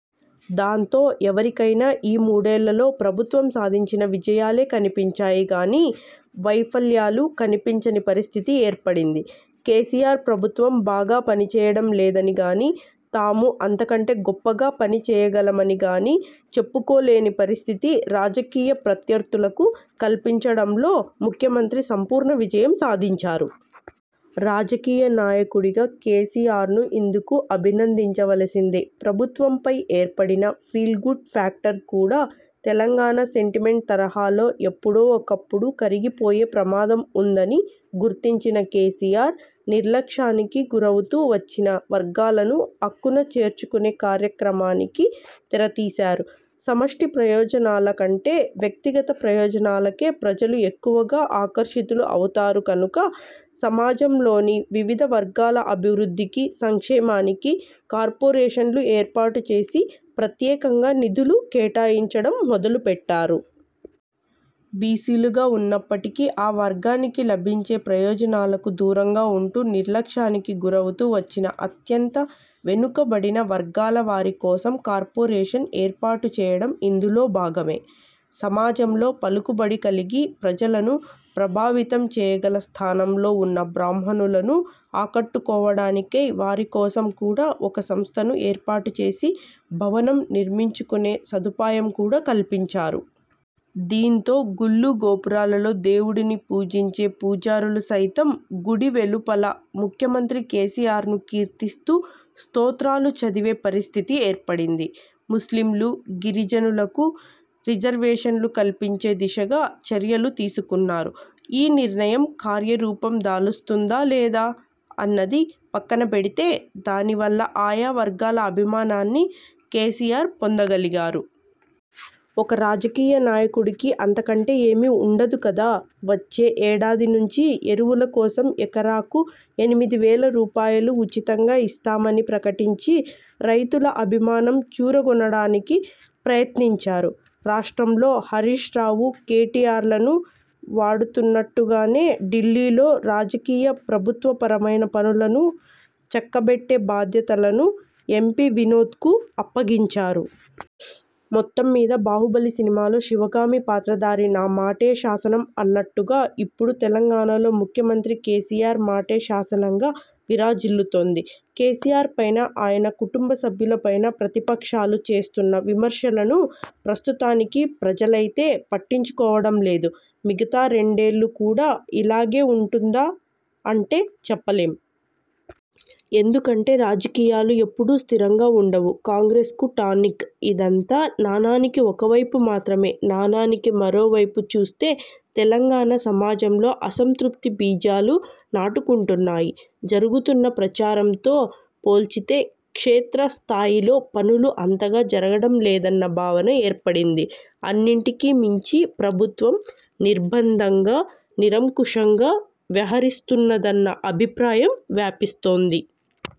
దాంతో ఎవరికైనా ఈ మూడేళ్లలో ప్రభుత్వం సాధించిన విజయాలే కనిపించాయి గానీ వైఫల్యాలు కనిపించని పరిస్థితి ఏర్పడింది. కేసీఆర్ ప్రభుత్వం బాగా పనిచేయడం లేదని గానీ, తాము అంతకంటే గొప్పగా పని చేయగలమని గానీ చెప్పుకోలేని పరిస్థితి రాజకీయ ప్రత్యర్థులకు కల్పించడంలో ముఖ్యమంత్రి సంపూర్ణ విజయం సాధించారు. రాజకీయ నాయకుడిగా కేసీఆర్ను ఇందుకు అభినందించవలసిందే! ప్రభుత్వంపై ఏర్పడిన ఫీల్ గుడ్ ఫ్యాక్టర్ కూడా తెలంగాణ సెంటిమెంట్ తరహాలో ఎప్పుడో ఒకప్పుడు కరిగిపోయే ప్రమాదం ఉందని గుర్తించిన కేసీఆర్, నిర్లక్ష్యానికి గురవుతూ వచ్చిన వర్గాలను అక్కున చేర్చుకునే కార్యక్రమానికి తెర తీశారు. సమష్టి ప్రయోజనాల కంటే వ్యక్తిగత ప్రయోజనాలకే ప్రజలు ఎక్కువగా ఆకర్షితులు అవుతారు కనుక సమాజంలోని వివిధ వర్గాల అభివృద్ధికి, సంక్షేమానికి కార్పొరేషన్లు ఏర్పాటు చేసి ప్రత్యేకంగా నిధులు కేటాయించడం మొదలుపెట్టారు. బీసీలుగా ఉన్నప్పటికీ ఆ వర్గానికి లభించే ప్రయోజనాలకు దూరంగా ఉంటూ నిర్లక్ష్యానికి గురవుతూ వచ్చిన అత్యంత వెనుకబడిన వర్గాలవారి కోసం కార్పొరేషన్ ఏర్పాటుచేయడం ఇందులో భాగమే! సమాజంలో పలుకుబడి కలిగి ప్రజలను ప్రభావితం చేయగల స్థానంలో ఉన్న బ్రాహ్మణులను ఆకట్టుకోవడానికై వారి కోసం కూడా ఒక సంస్థను ఏర్పాటుచేసి, భవనం నిర్మించుకునే సదుపాయం కూడా కల్పించారు. దీంతో గుళ్లు- గోపురాలలో దేవుడిని పూజించే పూజారులు సైతం గుడి వెలుపల ముఖ్యమంత్రి కేసీఆర్ను కీర్తిస్తూ స్తోత్రాలు చదివే పరిస్థితి ఏర్పడింది. ముస్లింలు, గిరిజనులకు రిజర్వేషన్లు కల్పించే దిశగా చర్యలు తీసుకున్నారు. ఈ నిర్ణయం కార్యరూపం దాలుస్తుందా? లేదా? అన్నది పక్కనపెడితే దానివల్ల ఆయా వర్గాల అభిమానాన్ని కేసీఆర్ పొందగలిగారు. ఒక రాజకీయ నాయకుడికి అంతకంటే ఏమీ ఉండదు కదా! వచ్చే ఏడాది నుంచి ఎరువుల కోసం ఎకరాకు ఎనిమిది వేల రూపాయలు ఉచితంగా ఇస్తామని ప్రకటించి రైతుల అభిమానం చూరగొనడానికి ప్రయత్నించారు. రాష్ట్రంలో హరీశ్రావు, కేటీఆర్లను వాడుతున్నట్టుగానే ఢిల్లీలో రాజకీయ, ప్రభుత్వపరమైన పనులను చక్కబెట్టే బాధ్యతలను ఎంపీ వినోద్కు అప్పగించారు. మొత్తంమీద బాహుబలి సినిమాలో శివగామి పాత్రధారి 'నా మాటే శాసనం' అన్నట్టుగా ఇప్పుడు తెలంగాణలో ముఖ్యమంత్రి కేసీఆర్ మాటే శాసనంగా విరాజిల్లుతోంది. కేసీఆర్పైన ఆయన కుటుంబసభ్యులపైన ప్రతిపక్షాలు చేస్తున్న విమర్శలను ప్రస్తుతానికి ప్రజలైతే పట్టించుకోవడం లేదు. మిగతా రెండేళ్లు కూడా ఇలాగే ఉంటుందా? అంటే చెప్పలేం! ఎందుకంటే రాజకీయాలు ఎప్పుడూ స్థిరంగా ఉండవు. కాంగ్రెస్కు టానిక్! ఇదంతా నాణానికి ఒకవైపు మాత్రమే! నాణానికి మరోవైపు చూస్తే తెలంగాణ సమాజంలో అసంతృప్తి బీజాలు నాటుకుంటున్నాయి. జరుగుతున్న ప్రచారంతో పోల్చితే క్షేత్ర స్థాయిలో పనులు అంతగా జరగడం లేదన్న భావన ఏర్పడింది. అన్నింటికీ మించి ప్రభుత్వం నిర్బంధంగా, నిరంకుశంగా వ్యహరిస్తున్నదన్న అభిప్రాయం వ్యాపిస్తోంది.